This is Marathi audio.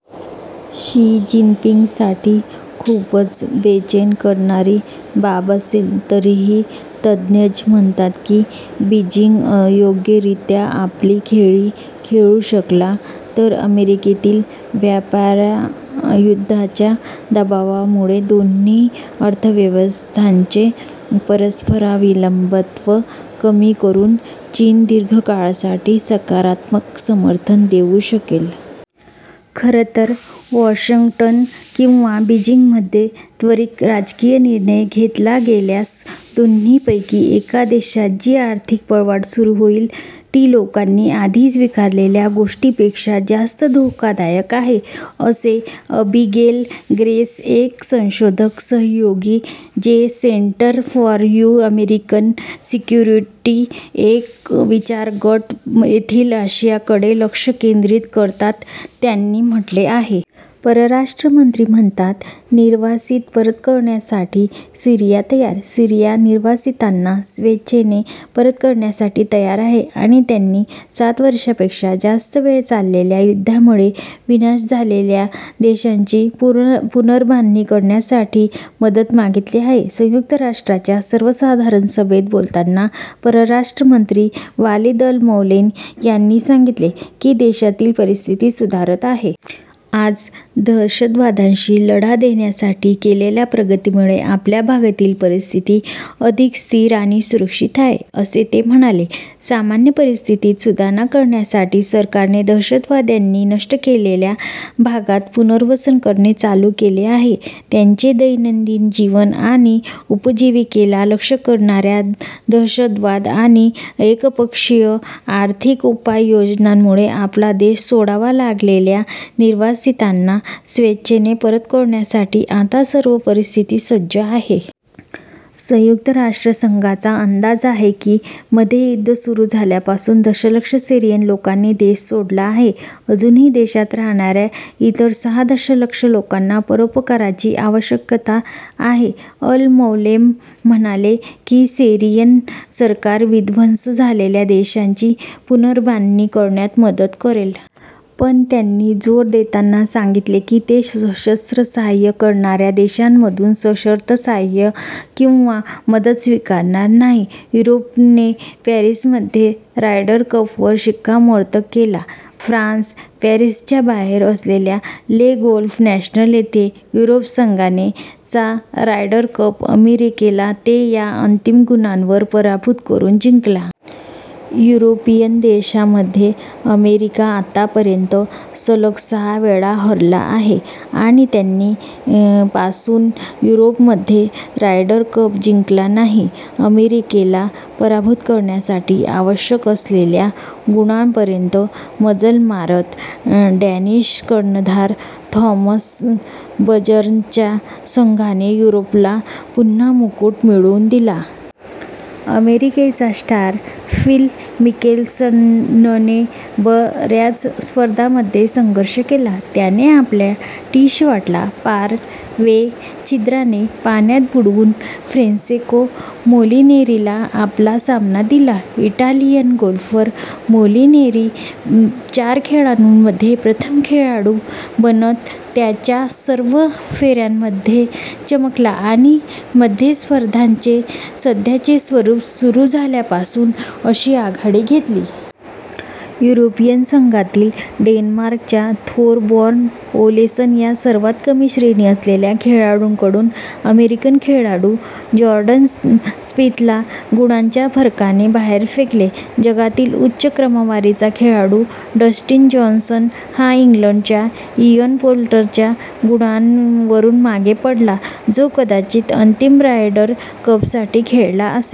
शी जिनपिंगसाठी खूपच बेचैन करणारी बाब असेल. तरीही, तज्ज्ञ म्हणतात की बीजिंग योग्यरित्या आपली खेळी खेळू शकला, तर अमेरिकेतील व्यापारयुद्धांच्या दबावामुळे दोन्ही अर्थव्यवस्थांचे परस्परावलंबित्व कमी करून चीन दीर्घ काळासाठी सकारात्मक समर्थन देऊ शकेल. खरं तर, वॉशंग्टन किंवा बीजिंगमध्ये त्वरित राजकीय निर्णय घेतला गेल्यास दोन्हीपैकी एका देशात जी आर्थिक पळवाट सुरू होईल ती लोकांनी आधी स्विकारलेल्या गोष्टीपेक्षा जास्त धोकादायक आहे, "असे अबिगेल ग्रेस एक संशोधन सहयोगी जे Center for New American Security एक विचार गट येथील आशियाकडे लक्ष केंद्रित करतात त्यांनी म्हटले आहे. परराष्ट्र मंत्री म्हणतात, निर्वासित परत करण्यासाठी सीरिया 'तयार'. सीरिया निर्वासितांना स्वेच्छेने परत करण्यासाठी तयार आहे आणि त्यांनी सात वर्षांपेक्षा जास्त वेळ चाललेल्या युद्धामुळे विनाश झालेल्या देशाची पुनर्बांधणी करण्यासाठी मदत मागितली आहे. संयुक्त राष्ट्राच्या सर्वसाधारण सभेत बोलताना परराष्ट्र मंत्री वालिद अल-मौलेम यांनी सांगितले की देशातील परिस्थिती सुधारत आहे. "आज दहशतवादाशी लढा देण्यासाठी केलेल्या प्रगतीमुळे आपल्या भागातील परिस्थिती अधिक स्थिर आणि सुरक्षित आहे," असे ते म्हणाले. सामान्य परिस्थितीत सुधारणा करण्यासाठी सरकारने दहशतवाद्यांनी नष्ट केलेल्या भागात पुनर्वसन करणे चालू केले आहे. त्यांचे दैनंदिन जीवन आणि उपजीविकेला लक्ष्य करणा-या दहशतवाद आणि एकपक्षीय आर्थिक उपाययोजनांमुळे आपला देश सोडावा लागलेल्या निर्वासितांना स्वेच्छेने परत करण्यासाठी आता सर्व परिस्थिती सज्ज आहे. संयुक्त राष्ट्रसंघाचा अंदाज आहे की मध्ये युद्ध सुरु झाल्यापासून दशलक्ष सेरियन लोकांनी देश सोडला आहे. अजूनही देशात राहणा-या इतर सहा दशलक्ष लोकांना परोपकाराची आवश्यकता आहे. अल-मौलेम म्हणाले की, सीरियन सरकार विध्वंस झालेल्या देशाची पुनर्बांधणी करण्यात मदत करेल. पण त्यांनी जोर देताना सांगितले की ते सशस्त्र सहाय्य करणार्या देशांमधून सशर्त सहाय्य किंवा मदत स्वीकारणार नाहीत. युरोपने पॅरिसमध्ये रायडर कपवर शिक्कामोर्तब केला फ्रान्स, पॅरिसच्या बाहेर असलेल्या ले गोल्फ नॅशनल येथे युरोप संघाने चा रायडर कप अमेरिकेला ते या अंतिम गुणांवर पराभुत करून जिंकला. युरोपियन देशामध्ये अमेरिका आतापर्यंत सलग सहा वेळा हरला आहे आणि त्यांनी पासून युरोपमध्ये रायडर कप जिंकला नाही. अमेरिकेला पराभूत करण्यासाठी आवश्यक असलेल्या गुणांपर्यंत मजल मारत डॅनिश कर्णधार थॉमस बजर्नच्या संघाने युरोपला पुन्हा मुकुट मिळवून दिला. अमेरिकेचा स्टार फिल मिकेल्सनने ब-याच स्पर्धांमध्ये संघर्ष केला, त्याने आपल्या टी-शॉटला पार- वे छिद्राने पाण्यात बुडवून फ्रेन्सेस्को मोलिनेरीला आपला सामना दिला. इटालियन गोल्फर मोलिनेरी चार खेळाडूंमध्ये प्रथम खेळाडू बनत त्याच्या सर्व फे-यांमध्ये चमकला आणि मध्ये स्पर्धांचे सध्याचे स्वरूप सुरू झाल्यापासून अशी आघाडी घेतली. युरोपियन संघातील डेन्मार्कच्या थोरबॉर्न ओलेसन या सर्वात कमी श्रेणी असलेल्या खेळाडूकडून अमेरिकन खेळाडू जोर्डन स्पिथला गुणांच्या फरकाने बाहेर फेकले. जगातील उच्च क्रमवारीचा खेळाडू डस्टिन जॉन्सन हा इंग्लंडच्या इयन पोल्टरच्या गुणांवरून मागे पडला, जो कदाचित अंतिम रायडर कपसाठी खेळला असेल.